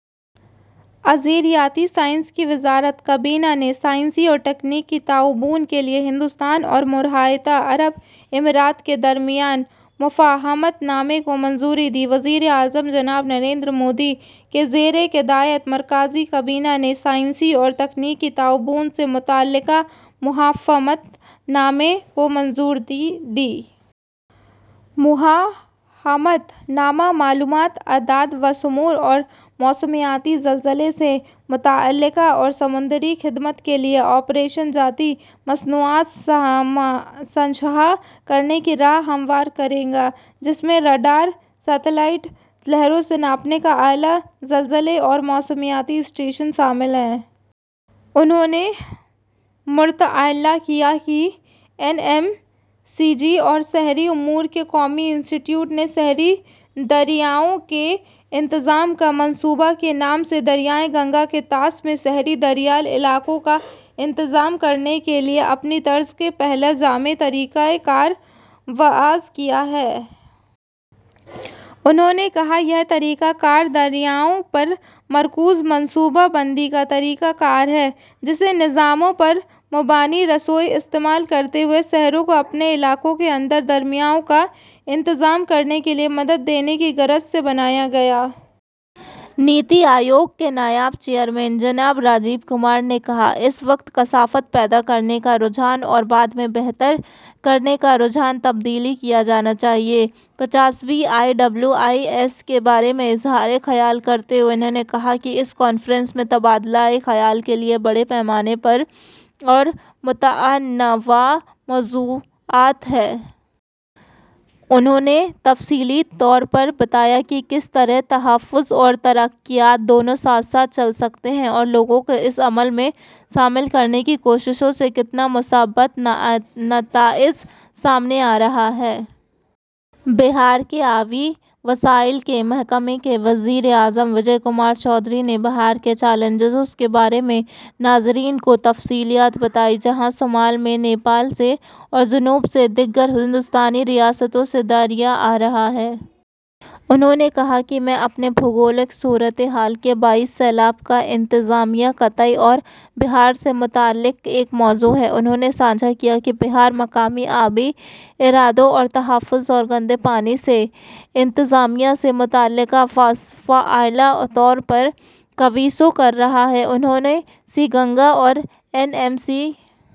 ارضیاتی سائنس کی وزارت کابینہ نے سائنسی اور تکنیکی تعاون کے لیے ہندوستان اور متحدہ عرب امارات کے درمیان مفاہمت نامے کو منظوری دی۔ وزیراعظم جناب نریندر مودی کے زیرِ قیادت مرکزی کابینہ نے سائنسی اور تکنیکی تعاون سے متعلق مفاہمت نامے کو منظوری دے دی ہے، جو موسمیات کے قومی مرکز، متحدہ عرب امارات اور ہندوستان کی ارضی علوم کی وزارت کے درمیان طے پایا ہے۔ مفاہمت نامہ معلومات، اعداد و شمار اور موسمیات، زلزلے سے متعلق اور سمندری خدمات کے لیے آپریشن جاتی مصنوعات ساجھا کرنے کی راہ ہموار کرے گا، جس میں راڈار، سیٹلائٹ، لہروں کو ناپنے کا آلہ اور زلزلے اور موسمیات کے اسٹیشن شامل ہیں۔ انہوں نے مطلع کیا کہ این ایم سی جی اور شہری امور کے قومی انسٹی ٹیوٹ نے "شہری دریاؤں کے انتظام کا منصوبہ" کے نام سے دریائے گنگا کے طاس میں شہری دریائی علاقوں کا انتظام کرنے کے لیے اپنی طرز کا پہلا جامع طریقہ کار وضع کیا ہے۔ انہوں نے کہا، "یہ طریقہ کار دریاؤں پر مرکوز منصوبہ بندی کا طریقہ کار ہے، جسے نظاموں پر مبنی رسائی استعمال کرتے ہوئے شہروں کو اپنے علاقوں کے اندر دریاؤں کا انتظام کرنے کے لیے مدد دینے کی غرض سے بنایا گیا ہے۔" نیتی آیوگ کے نائب چیئرمین جناب راجیو کمار نے کہا، "اس وقت کثافت پیدا کرنے کا رجحان اور بعد میں بہتر کرنے کا رجحان تبدیل کیا جانا چاہیے۔" پانچویں آئی ڈبلیو آئی ایس کے بارے میں اظہارِ خیال کرتے ہوئے انہوں نے کہا کہ، "اس کانفرنس میں تبادلۂ خیال کے لیے بڑے پیمانے پر اور متنوع موضوعات ہیں۔" انہوں نے تفصیلی طور پر بتایا کہ کس طرح تحفظ اور ترقیات دونوں ساتھ ساتھ چل سکتے ہیں اور لوگوں کو اس عمل میں شامل کرنے کی کوششوں سے کتنے مثبت نتائج سامنے آ رہے ہیں۔ بہار کے آبی وسائل کے محکمے کے وزیر جناب وجے کمار چودھری نے بہار کے چیلنجوں کے بارے میں ناظرین کو تفصیلات بتائیں، جہاں شمال میں نیپال سے اور جنوب میں دیگر ہندوستانی ریاستوں سے دریا آ رہے ہیں۔ انہوں نے کہا کہ اپنے جغرافیائی صورتحال کے باعث سیلاب کا انتظامیہ قطعی طور پر بہار سے متعلق ایک موضوع ہے۔ انہوں نے ساجھا کیا کہ بہار مقامی آبی اداروں کے تحفظ اور گندے پانی کے انتظامیہ سے متعلق فعال طور پر کاوشیں کر رہا ہے۔ انہوں نے سی-گنگا اور این ایم سی...